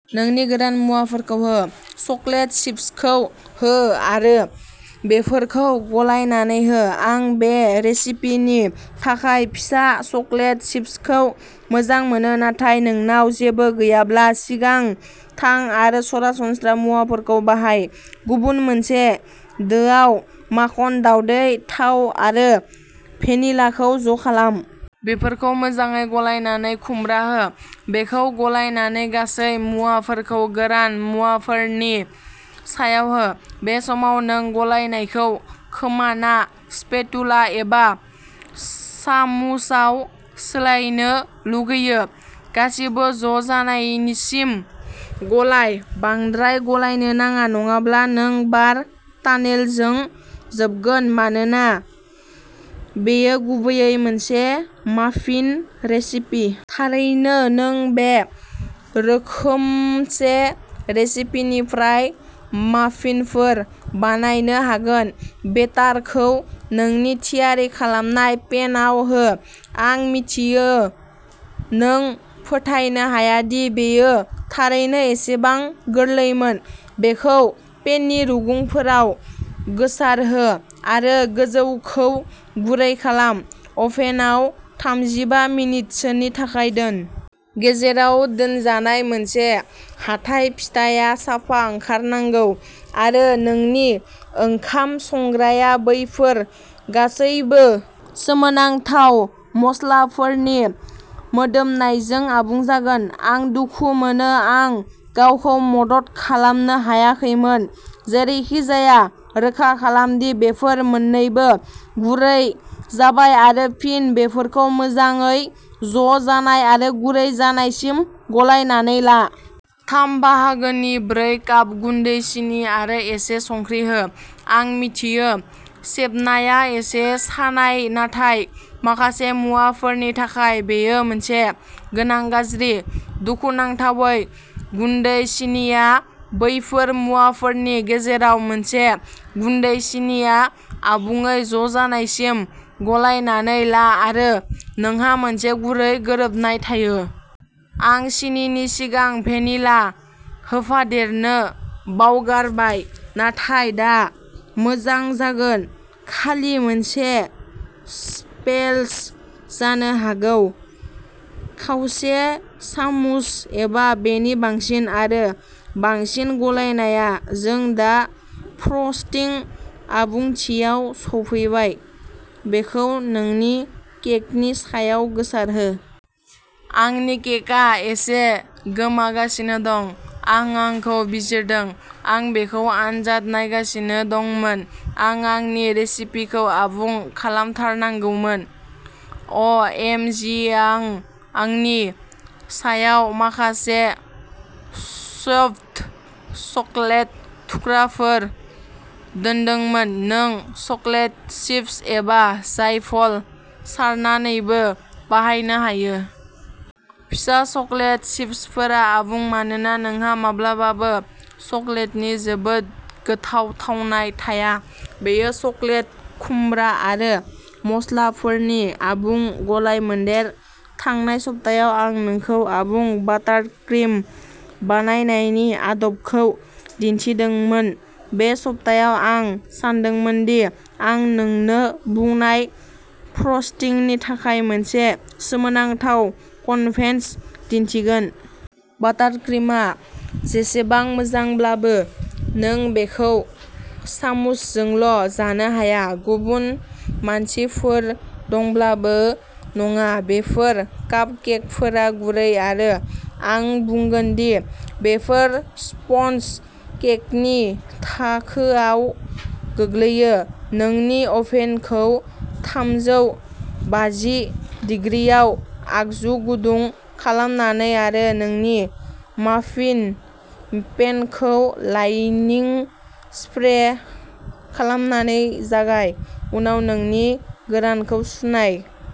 नोंनि गोरान मुवाफोरखौ हो। चकलेट चिप्सखौ हो आरो बेफोरखौ गलायनानै हो। आं बे रेसिपिनि थाखाय फिसा चकलेट चिप्सखौ मोजां मोनो, नाथाय नोंनाव जेबो गैयाब्ला, सिगां थां आरो सरासनस्रा मुवाफोरखौ बाहाय। गुबुन मोनसे दोआव, माखन, दाउदै, थाव आरो भेनिलाखौ ज' खालाम। बेफोरखौ मोजाङै गलायनानै खुमब्रा हो। बेखौ गलायनानै, गासै मुवाफोरखौ गोरान मुवाफोरनि सायाव हो। बे समाव नों गलायनायखौ खोमाना स्पेटुला एबा सामुसआव सोलायनो लुगैयो। गासिबो ज' जानायनिसिम गलाय। बांद्राय गलायनो नाङा नङाब्ला नों बार टानेलजों जोबगोन मानोना बेयो गुबैयै मोनसे माफिन रेसिपि। थारैनो नों बे रोखोमसे रेसिपिनिफ्राय माफिनफोर बानायनो हागोन। बेटारखौ नोंनि थियारि खालामनाय पेनआव हो। आं मिथियो, नों फोथायनो हाया दि बेयो थारैनो एसेबां गोरलैमोन। बेखौ पेननि रुगुंफोराव गोसारहो आरो गोजौखौ गुरै खालाम। अभेनआव थामजिबा मिनिटसोनि थाखाय दोन। गेजेराव दोनजानाय मोनसे हाथाइ फिथाया साफा ओंखारनांगौ, आरो नोंनि ओंखाम संग्राया बैफोर गासैबो सोमोनांथाव मस्लाफोरनि मोदोमनायजों आबुं जागोन। आं दुखु मोनो आं गावखौ मदद खालामनो हायाखैमोन। जेरैखिजाया, रोखा खालाम दि बेफोर मोननैबो गुरै जाबाय आरो फिन बेफोरखौ मोजाङै ज' जानाय आरो गुरै जानायसिम गलायनानै ला। थाम बाहागोनि ब्रै काप गुन्दै सिनि आरो एसे संख्रि हो। आं मिथियो, सेबनाया एसे सानाय, नाथाय माखासे मुवाफोरनि थाखाय बेयो मोनसे गोनां गाज्रि। दुखुनांथावै, गुन्दै सिनिआ बैफोर मुवाफोरनि गेजेराव मोनसे। गुन्दै सिनिआ आबुङै ज'जानायसिम गलायनानै ला आरो नोंहा मोनसे गुरै गोरोबनाय थायो। आं सिनिनि सिगां भेनिला होफादेरनो बावगारबाय, नाथाय दा मोजां जागोन। खालि मोनसे स्प्लेश जानो हागौ खावसे सामुस एबा बेनि बांसिन। आरो बांसिन गलायनाया। जों दा फ्रस्टिं आबुंथियाव सफैबाय। बेखौ नोंनि केकनि सायाव गोसारहो। आंनि केकआ एसे गोमागासिनो दं। आं आंखौ बिजिरदों। आं बेखौ आनजाद नायगासिनो दंमोन। आं आंनि रेसिपिखौ आबुं खालामथारनांगौमोन। अ एम जि आं आंनि सायाव माखासे शभ्ड चकलेट थुख्राफोर दोनदोंमोन। नों चकलेट चिप्स एबा जायफल सारनानैबो बाहायनो हायो। फिसा चकलेट चिप्सफोरा आबुं मानोना नोंहा माब्लाबाबो चकलेटनि जोबोद गोथाव थावनाय थाया। बेयो चकलेट, खुमब्रा आरो मस्लाफोरनि आबुं गलायमोन्देर। थांनाय सप्तायाव आं नोंखौ आबुं बाटारक्रिम बानायनायनि आदबखौ दिन्थिदोंमोन। बे सप्तायाव, आं सानदोंमोन दि आं नोंनो बुंनाय फ्रस्टिंनि थाखाय मोनसे सोमोनांथाव कन्भेन्स दिन्थिगोन। बाटारक्रिमआ जेसेबां मोजांब्लाबो, नों बेखौ सामुसजोंल' जानो हाया। गुबुन मानसिफोर दंब्लाबो नङा। बेफोर कापकेकफोरा गुरै आरो आं बुंगोन दि बेफोर स्पन्ज केकनि थाखोआव गोग्लैयो। नोंनि अभेनखौ थामजौ बाजि दिग्रिआव आगजु गुदुं खालामनानै आरो नोंनि माफिन पेनखौ लाइनिं स्प्रे खालामनानै जागाय। उनाव नोंनि गोरानखौ सुनाय।